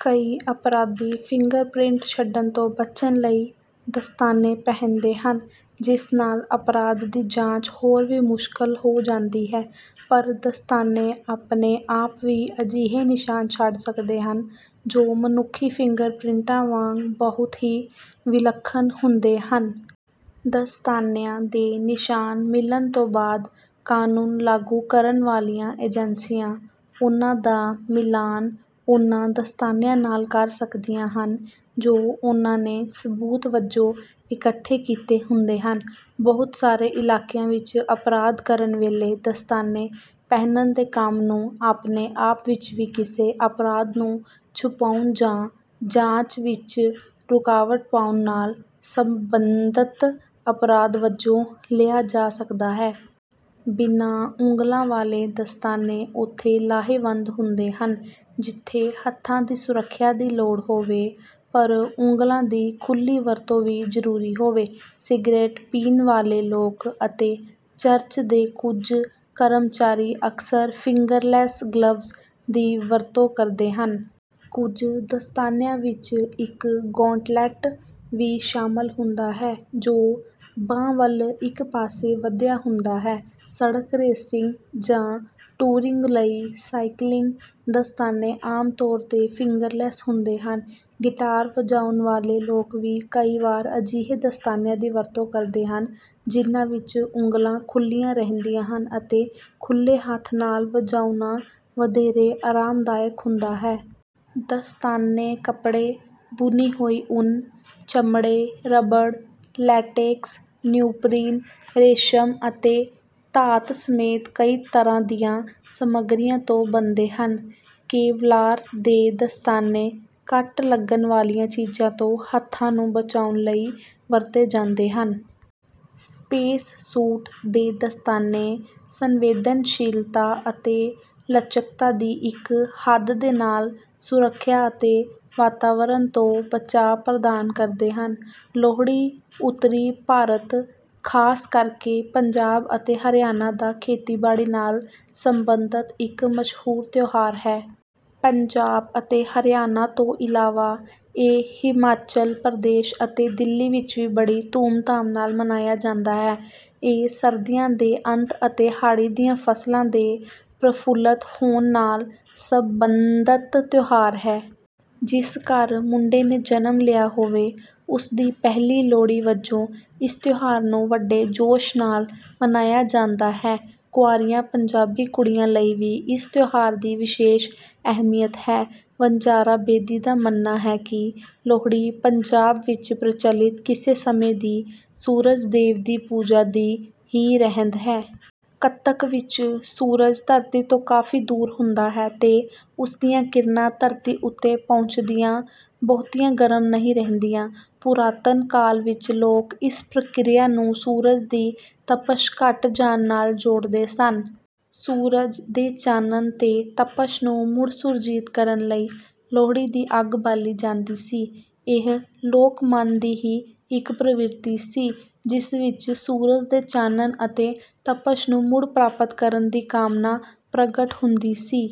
ਕਈ ਅਪਰਾਧੀ ਫਿੰਗਰਪ੍ਰਿੰਟ ਛੱਡਣ ਤੋਂ ਬਚਣ ਲਈ ਦਸਤਾਨੇ ਪਹਿਨਦੇ ਹਨ, ਜਿਸ ਨਾਲ ਅਪਰਾਧ ਦੀ ਜਾਂਚ ਹੋਰ ਵੀ ਮੁਸ਼ਕਲ ਹੋ ਜਾਂਦੀ ਹੈ। ਪਰ ਦਸਤਾਨੇ ਆਪਣੇ ਆਪ ਵੀ ਅਜਿਹੇ ਨਿਸ਼ਾਨ ਛੱਡ ਸਕਦੇ ਹਨ, ਜੋ ਮਨੁੱਖੀ ਫਿੰਗਰਪ੍ਰਿੰਟਾਂ ਵਾਂਗ ਬਹੁਤ ਹੀ ਵਿਲੱਖਣ ਹੁੰਦੇ ਹਨ। ਦਸਤਾਨਿਆਂ ਦੇ ਨਿਸ਼ਾਨ ਮਿਲਣ ਤੋਂ ਬਾਅਦ, ਕਾਨੂੰਨ ਲਾਗੂ ਕਰਨ ਵਾਲੀਆਂ ਏਜੰਸੀਆਂ ਉਨ੍ਹਾਂ ਦਾ ਮਿਲਾਨ ਉਨ੍ਹਾਂ ਦਸਤਾਨਿਆਂ ਨਾਲ ਕਰ ਸਕਦੀਆਂ ਹਨ, ਜੋ ਉਨ੍ਹਾਂ ਨੇ ਸਬੂਤ ਵਜੋਂ ਇਕੱਠੇ ਕੀਤੇ ਹੁੰਦੇ ਹਨ। ਬਹੁਤ ਸਾਰੇ ਇਲਾਕਿਆਂ ਵਿੱਚ ਅਪਰਾਧ ਕਰਨ ਵੇਲੇ ਦਸਤਾਨੇ ਪਹਿਨਣ ਦੇ ਕੰਮ ਨੂੰ ਆਪਣੇ ਆਪ ਵਿੱਚ ਵੀ ਕਿਸੇ ਅਪਰਾਧ ਨੂੰ ਛੁਪਾਉਣ ਜਾਂ ਜਾਂਚ ਵਿੱਚ ਰੁਕਾਵਟ ਪਾਉਣ ਨਾਲ ਸਬੰਧਤ ਅਪਰਾਧ ਵਜੋਂ ਲਿਆ ਜਾ ਸਕਦਾ ਹੈ। ਬਿਨਾਂ ਉਂਗਲਾਂ ਵਾਲੇ ਦਸਤਾਨੇ ਉੱਥੇ ਲਾਹੇਵੰਦ ਹੁੰਦੇ ਹਨ, ਜਿੱਥੇ ਹੱਥਾਂ ਦੀ ਸੁਰੱਖਿਆ ਦੀ ਲੋੜ ਹੋਵੇ, ਪਰ ਉਂਗਲਾਂ ਦੀ ਖੁੱਲ੍ਹੀ ਵਰਤੋਂ ਵੀ ਜ਼ਰੂਰੀ ਹੋਵੇ। ਸਿਗਰਟ ਪੀਣ ਵਾਲੇ ਲੋਕ ਅਤੇ ਚਰਚ ਦੇ ਕੁਝ ਕਰਮਚਾਰੀ ਅਕਸਰ ਫਿੰਗਰਲੈੱਸ ਗਲਵਜ਼ ਦੀ ਵਰਤੋਂ ਕਰਦੇ ਹਨ। ਕੁਝ ਦਸਤਾਨਿਆਂ ਵਿੱਚ ਇੱਕ ਗੌਂਟਲੈੱਟ ਵੀ ਸ਼ਾਮਲ ਹੁੰਦਾ ਹੈ, ਜੋ ਬਾਂਹ ਵੱਲ ਇੱਕ ਪਾਸੇ ਵਧਿਆ ਹੁੰਦਾ ਹੈ। ਸੜਕ-ਰੇਸਿੰਗ ਜਾਂ ਟੂਰਿੰਗ ਲਈ ਸਾਈਕਲਿੰਗ ਦਸਤਾਨੇ ਆਮ ਤੌਰ ’ਤੇ ਫਿੰਗਰਲੈੱਸ ਹੁੰਦੇ ਹਨ। ਗਿਟਾਰ ਵਜਾਉਣ ਵਾਲੇ ਲੋਕ ਵੀ ਕਈ ਵਾਰ ਅਜਿਹੇ ਦਸਤਾਨਿਆਂ ਦੀ ਵਰਤੋਂ ਕਰਦੇ ਹਨ, ਜਿਨ੍ਹਾਂ ਵਿੱਚ ਉਂਗਲਾਂ ਖੁੱਲ੍ਹੀਆਂ ਰਹਿੰਦੀਆਂ ਹਨ ਅਤੇ ਖੁੱਲ੍ਹੇ ਹੱਥ ਨਾਲ ਵਜਾਉਣਾ ਵਧੇਰੇ ਆਰਾਮਦਾਇਕ ਹੁੰਦਾ ਹੈ। ਦਸਤਾਨੇ ਕੱਪੜੇ, ਬੁਣੀ ਹੋਈ ਉੱਨ, ਚਮੜੇ, ਰਬੜ, ਲੈਟੇਕਸ, ਨਿਓਪਰੀਨ, ਰੇਸ਼ਮ ਅਤੇ ਧਾਤ ਸਮੇਤ ਕਈ ਤਰ੍ਹਾਂ ਦੀਆਂ ਸਮੱਗਰੀਆਂ ਤੋਂ ਬਣਦੇ ਹਨ। ਕੇਵਲਾਰ ਦੇ ਦਸਤਾਨੇ ਕੱਟ ਲੱਗਣ ਵਾਲੀਆਂ ਚੀਜ਼ਾਂ ਤੋਂ ਹੱਥਾਂ ਨੂੰ ਬਚਾਉਣ ਲਈ ਵਰਤੇ ਜਾਂਦੇ ਹਨ। ਸਪੇਸ-ਸੂਟ ਦੇ ਦਸਤਾਨੇ ਸੰਵੇਦਨਸ਼ੀਲਤਾ ਅਤੇ ਲਚਕਤਾ ਦੀ ਇੱਕ ਹੱਦ ਦੇ ਨਾਲ ਸੁਰੱਖਿਆ ਅਤੇ ਵਾਤਾਵਰਣ ਤੋਂ ਬਚਾਅ ਪ੍ਰਦਾਨ ਕਰਦੇ ਹਨ। ਲੋਹੜੀ ਉੱਤਰੀ ਭਾਰਤ, ਖ਼ਾਸ ਕਰਕੇ ਪੰਜਾਬ ਅਤੇ ਹਰਿਆਣਾ ਦਾ ਖੇਤੀਬਾੜੀ ਨਾਲ ਸਬੰਧਤ ਇੱਕ ਮਸ਼ਹੂਰ ਤਿਉਹਾਰ ਹੈ। ਪੰਜਾਬ ਅਤੇ ਹਰਿਆਣਾ ਤੋਂ ਇਲਾਵਾ ਇਹ ਹਿਮਾਚਲ ਪ੍ਰਦੇਸ਼ ਅਤੇ ਦਿੱਲੀ ਵਿੱਚ ਵੀ ਬੜੀ ਧੂਮ-ਧਾਮ ਨਾਲ ਮਨਾਇਆ ਜਾਂਦਾ ਹੈ। ਇਹ ਸਰਦੀਆਂ ਦੇ ਅੰਤ ਅਤੇ ਹਾੜ੍ਹੀ ਦੀਆਂ ਫ਼ਸਲਾਂ ਦੇ ਪ੍ਰਫੁੱਲਤ ਹੋਣ ਨਾਲ ਸਬੰਧਤ ਤਿਉਹਾਰ ਹੈ। ਜਿਸ ਘਰ ਮੁੰਡੇ ਨੇ ਜਨਮ ਲਿਆ ਹੋਵੇ, ਉਸ ਦੀ ਪਹਿਲੀ ਲੋਹੜੀ ਵਜੋਂ ਇਸ ਤਿਉਹਾਰ ਨੂੰ ਵੱਡੇ ਜੋਸ਼ ਨਾਲ ਮਨਾਇਆ ਜਾਂਦਾ ਹੈ। ਕੁਆਰੀਆਂ ਪੰਜਾਬੀ ਕੁੜੀਆਂ ਲਈ ਵੀ ਇਸ ਤਿਉਹਾਰ ਦੀ ਵਿਸ਼ੇਸ਼ ਅਹਿਮੀਅਤ ਹੈ। ਵਣਜਾਰਾ ਬੇਦੀ ਦਾ ਮੰਨਣਾ ਹੈ ਕਿ “ਲੋਹੜੀ ਪੰਜਾਬ ਵਿੱਚ ਪ੍ਰਚੱਲਿਤ ਕਿਸੇ ਸਮੇਂ ਦੀ ਸੂਰਜ-ਦੇਵ ਦੀ ਪੂਜਾ ਦੀ ਹੀ ਰਹਿੰਦ ਹੈ। ਕੱਤਕ ਵਿੱਚ ਸੂਰਜ ਧਰਤੀ ਤੋਂ ਕਾਫ਼ੀ ਦੂਰ ਹੁੰਦਾ ਹੈ ਤੇ ਉਸ ਦੀਆਂ ਕਿਰਨਾਂ ਧਰਤੀ ਉੱਤੇ ਪਹੁੰਚਦਿਆਂ ਬਹੁਤੀਆਂ ਗਰਮ ਨਹੀਂ ਰਹਿੰਦੀਆਂ। ਪੁਰਾਤਨ ਕਾਲ ਵਿੱਚ ਲੋਕ ਇਸ ਪ੍ਰਕਿਰਿਆ ਨੂੰ ਸੂਰਜ ਦੀ ਤਪਸ਼ ਘਟ ਜਾਣ ਨਾਲ ਜੋੜਦੇ ਸਨ। ਸੂਰਜ ਦੇ ਚਾਨਣ ਤੇ ਤਪਸ਼ ਨੂੰ ਮੁੜ ਸੁਰਜੀਤ ਕਰਨ ਲਈ ਲੋਹੜੀ ਦੀ ਅੱਗ ਬਾਲੀ ਜਾਂਦੀ ਸੀ। ਇਹ ਲੋਕ-ਮਨ ਦੀ ਹੀ ਇੱਕ ਪ੍ਰਵਿਰਤੀ ਸੀ, ਜਿਸ ਵਿੱਚ ਸੂਰਜ ਦੇ ਚਾਨਣ ਅਤੇ ਤਪਸ਼ ਨੂੰ ਮੁੜ ਪ੍ਰਾਪਤ ਕਰਨ ਦੀ ਕਾਮਨਾ ਪ੍ਰਗਟ ਹੁੰਦੀ ਸੀ।”